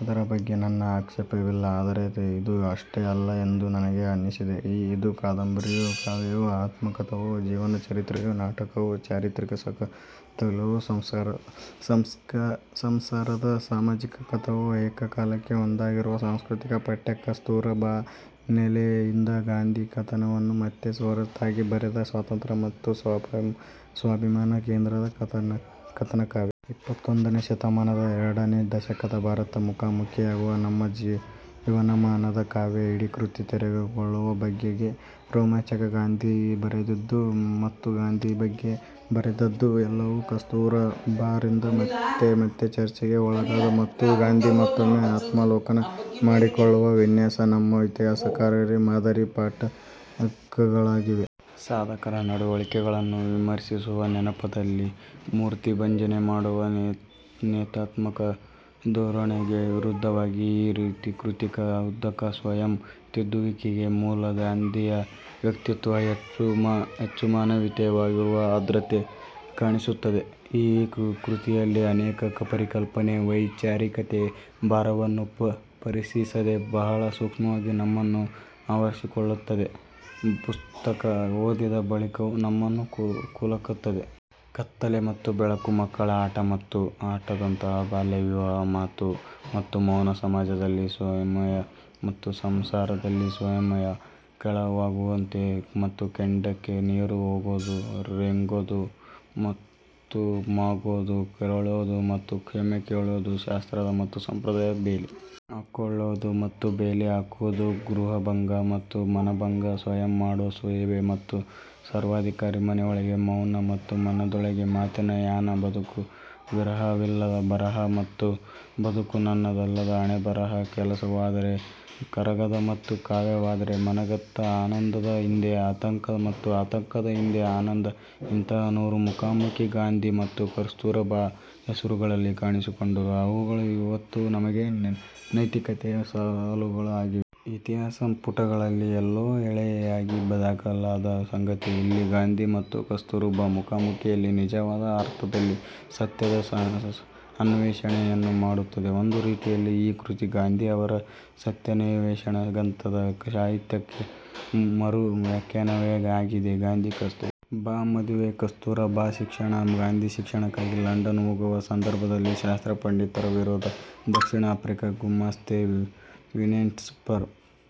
ಅದರ ಬಗ್ಗೆ ನನ್ನ ಆಕ್ಷೇಪಣೆ ಇಲ್ಲ. ಆದರೆ ಇದು ಅಷ್ಟೇ ಅಲ್ಲ ಎಂದು ನನಗೆ ಅನ್ನಿಸಿದೆ. ಇದು ಕಾದಂಬರಿಯೂ, ಕಾವ್ಯವೂ, ಆತ್ಮಕಥನವೂ, ಜೀವನ ಚರಿತ್ರೆಯೂ, ನಾಟಕವೂ, ಚಾರಿತ್ರಿಕ ಸಂಕಥನವೂ, ಸಂಸಾರದ ಸಾಮಾಜಿಕ ಕಥನವೂ, ಏಕಕಾಲಕ್ಕೆ ಒಂದಾಗಿರುವ ಸಾಂಸ್ಕೃತಿಕ ಪಠ್ಯ. ಕಸ್ತೂರ್ ಬಾ ನೆಲೆಯಿಂದ ಗಾಂಧಿ ಕಥನವನ್ನು ಮತ್ತೆ ಹೊಸತಾಗಿ ಬರೆದ ಸ್ವಾತಂತ್ರ್ಯ ಮತ್ತು ಸ್ವಾಭಿಮಾನ ಕೇಂದ್ರಿತ ಕಥನಕಾವ್ಯ. ಇಪ್ಪತ್ತೊಂದನೇ ಶತಮಾನದ ಎರಡನೆಯ ದಶಕದ ಭಾರತಕ್ಕೆ ಮುಖಾಮುಖಿಯಾಗುವ ನಮ್ಮ ಜೀವಮಾನದ ಕಾವ್ಯ. ಇಡೀ ಕೃತಿ ತೆರೆದುಕೊಳ್ಳುವ ಬಗೆಗಳೇ ರೋಮಾಂಚಕ. ಗಾಂಧಿ ಬರೆದದ್ದು ಮತ್ತು ಗಾಂಧಿ ಬಗ್ಗೆ ಬರೆದದ್ದು ಎಲ್ಲವೂ ಕಸ್ತೂರ್ ಬಾ ರಿಂದ ಮತ್ತೆ ಮತ್ತೆ ಚರ್ಚೆಗೆ ಒಳಗಾಗುವ ಮತ್ತು ಗಾಂಧಿ ಮತ್ತೊಮ್ಮೆ ಆತ್ಮಾವಲೋಕನ ಮಾಡಿಕೊಳ್ಳುವ ವಿನ್ಯಾಸಗಳು ನಮ್ಮ ಇತಿಹಾಸಕಾರರಿಗೆ ಮಾದರಿಯ ಪಾಠಗಳಾಗಿವೆ. ಸಾಧಕರ ನಡವಳಿಕೆಗಳನ್ನು ವಿಮರ್ಶಿಸುವ ನೆಪದಲ್ಲಿ ಮೂರ್ತಿಭಂಜನೆ ಮಾಡುವ ನೇತ್ಯಾತ್ಮಕ ಧೋರಣೆಗೆ ವಿರುದ್ಧವಾಗಿ ಈ ಕೃತಿಯ ಉದ್ದಕ್ಕೂ ಸ್ವಯಂ ತಿದ್ದುವಿಕೆಯ ಮೂಲಕ ಗಾಂಧಿಯ ವ್ಯಕ್ತಿತ್ವ ಹೆಚ್ಚು ಮಾನವೀಯವಾಗುವ ಆರ್ದ್ರತೆ ಕಾಣಿಸುತ್ತದೆ. ಈ ಕೃತಿಯಲ್ಲಿ ಅನೇಕ ಪರಿಕಲ್ಪನೆಗಳು ವೈಚಾರಿಕತೆಯ ಭಾರವನ್ನು ಪ್ರದರ್ಶಿಸದೆ, ಬಹಳ ಸೂಕ್ಷ್ಮವಾಗಿ ನಮ್ಮನ್ನು ಆವರಿಸಿಕೊಳ್ಳುತ್ತವೆ ಪುಸ್ತಕ ಓದಿದ ಬಳಿಕವೂ ನಮ್ಮನ್ನು ಕಲಕುತ್ತವೆ. ಕತ್ತಲೆ ಮತ್ತು ಬೆಳಕು, ಮಕ್ಕಳ ಆಟ ಮತ್ತು ಆಟದಂತಹ ಬಾಲ್ಯ ವಿವಾಹ, ಮಾತು ಮತ್ತು ಮೌನ, ಸಮಾಜದಲ್ಲಿ ಸಂಯಮ ಮತ್ತು ಸಂಸಾರದಲ್ಲಿ ಸಂಯಮ, ಕೆಂಡವಾಗೋದು ಮತ್ತು ಕೆಂಡಕೆ ನೀರು ಆಗೋದು, ರೇಗೋದು ಮತ್ತು ಮಾಗೋದು, ಕೆರಳೋದು ಮತ್ತು ಕ್ಷಮೆ ಕೇಳೋದು, ಶಾಸ್ತ್ರ ಮತ್ತು ಸಂಪ್ರದಾಯ, ಬೇಲಿ ಹಾಕ್ಕೊಳ್ಳೋದು ಮತ್ತು ಬೇಲಿ ಹಾಕುವುದು, ಗೃಹಭಂಗ ಮತ್ತು ಮನಭಂಗ, ಸ್ವಯಂ ಮಾಡೋ ಸೇವೆ ಮತ್ತು ಸರ್ವಾಧಿಕಾರ, ಮನೆಯೊಳಗೆ ಮೌನ ಮತ್ತು ಮನದೊಳಗೆ ಮಾತಿನ ಯಾನ, ಬದುಕು ವಿರಹವಿಲ್ಲದ ಬರಹ ಮತ್ತು ಬದುಕು ನನ್ನದಲ್ಲದ ಹಣೆಬರಹ, ಕೆಲಸವಾದ್ರೆ ಕರಗತ ಮತ್ತು ಕಾವ್ಯವಾದ್ರೆ ಮನಗತ, ಆನಂದದ ಹಿಂದೆ ಆತಂಕ ಮತ್ತು ಆತಂಕದ ಹಿಂದೆ ಆನಂದ: ಇಂತಹ ನೂರಾರು ಮುಖಾಮುಖಿಗಳು ಗಾಂಧಿ ಮತ್ತು ಕಸ್ತೂರ್ ಬಾ ಹೆಸರುಗಳಲ್ಲಿ ಕಾಣಿಸಿಕೊಂಡರೂ, ಅವು ಇವತ್ತೂ ನಮಗೆ ನೈತಿಕತೆಯ ಸವಾಲುಗಳೇ ಆಗಿವೆ. ಇತಿಹಾಸ ಪುಟಗಳಲ್ಲಿ ಎಲ್ಲೋ ಎಳೆಯಾಗಿ ದಾಖಲಾದ ಸಂಗತಿಗಳು ಇಲ್ಲಿ ಗಾಂಧಿ ಮತ್ತು ಕಸ್ತೂರ್ ಬಾ ಮುಖಾಮುಖಿಯಲ್ಲಿ ನಿಜವಾದ ಅರ್ಥದಲ್ಲಿ 'ಸತ್ಯದ ಅನ್ವೇಷಣೆ 'ಯನ್ನು ಮಾಡುತ್ತವೆ. ಒಂದು ರೀತಿಯಲ್ಲಿ ಈ ಕೃತಿಯು ಗಾಂಧಿ ಅವರ 'ಸತ್ಯಾನ್ವೇಷಣೆ ' ಗ್ರಂಥದ ಸಾಹಿತ್ಯಕ ಮರು ವ್ಯಾಖ್ಯಾನವೇ ಆಗಿದೆ. ಗಾಂಧಿ ಕಸ್ತೂರ್ ಬಾ ಮದುವೆ, ಕಸ್ತೂರ್ ಬಾ ಶಿಕ್ಷಣ, ಗಾಂಧಿ ಶಿಕ್ಷಣಕ್ಕಾಗಿ ಲಂಡನ್ ಹೋಗುವ ಸಂದರ್ಭದಲ್ಲಿ ಶಾಸ್ತ್ರಪಂಡಿತರ ವಿರೋಧ, ದಕ್ಷಿಣ ಆಫ್ರಿಕದಲ್ಲಿ ಗುಮಾಸ್ತೆ ವಿನ್ಸೆಂಟ್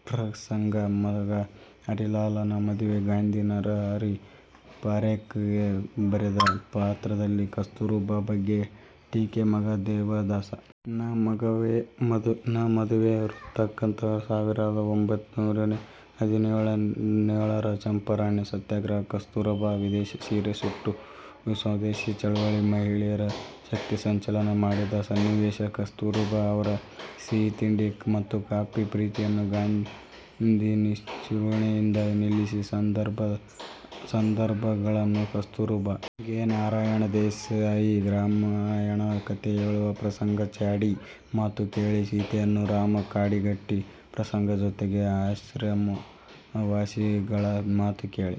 ಪ್ರಸಂಗ, ಮಗ ಹರಿಲಾಲ್ ನ ಮದುವೆ, ಗಾಂಧಿ ನರಹರಿ ಪಾರೇಖ್ ಗೆ ಬರೆದ ಪತ್ರದಲ್ಲಿ ಕಸ್ತೂರ್ ಬಾ ಬಗ್ಗೆ ಟೀಕೆ, ಮಗ ದೇವದಾಸ್ ನ ಮದುವೆ ವೃತ್ತಾಂತ, ಸಾವಿರದ ಒಂಭೈನೂರ ಹದಿನೇಳರ ಚಂಪಾರಣ ಸತ್ಯಾಗ್ರಹ, ಕಸ್ತೂರ್ ಬಾ ವಿದೇಶಿ ಸೀರೆ ಸುಟ್ಟು ಸ್ವದೇಶಿ ಚಳುವಳಿಗೆ ಮಹಿಳೆಯರ ಶಕ್ತಿ ಸಂಚಯನ ಮಾಡಿದ ಸನ್ನಿವೇಶ, ಕಸ್ತೂರ್ ಬಾ ಅವರ ಸಿಹಿತಿಂಡಿ ಮತ್ತು ಕಾಫಿ ಪ್ರೀತಿಯನ್ನು ಗಾಂಧಿ ನಿಷ್ಕರುಣೆಯಿಂದ ನಿಲ್ಲಿಸಿದ ಸಂದರ್ಭಗಳು, ಕಸ್ತೂರ್ ಬಾ ಗೆ ನಾರಾಯಣ ದೇಸಾಯಿ ರಾಮಾಯಣ ಕಥೆ ಹೇಳುವ ಪ್ರಸಂಗ, ಚಾಡಿ ಮಾತು ಕೇಳಿ ಸೀತೆಯನ್ನು ರಾಮ ಕಾಡಿಗಟ್ಟಿದ ಪ್ರಸಂಗದ ಜೊತೆಗೆ ಆಶ್ರಮವಾಸಿಗಳ ಮಾತು ಕೇಳಿ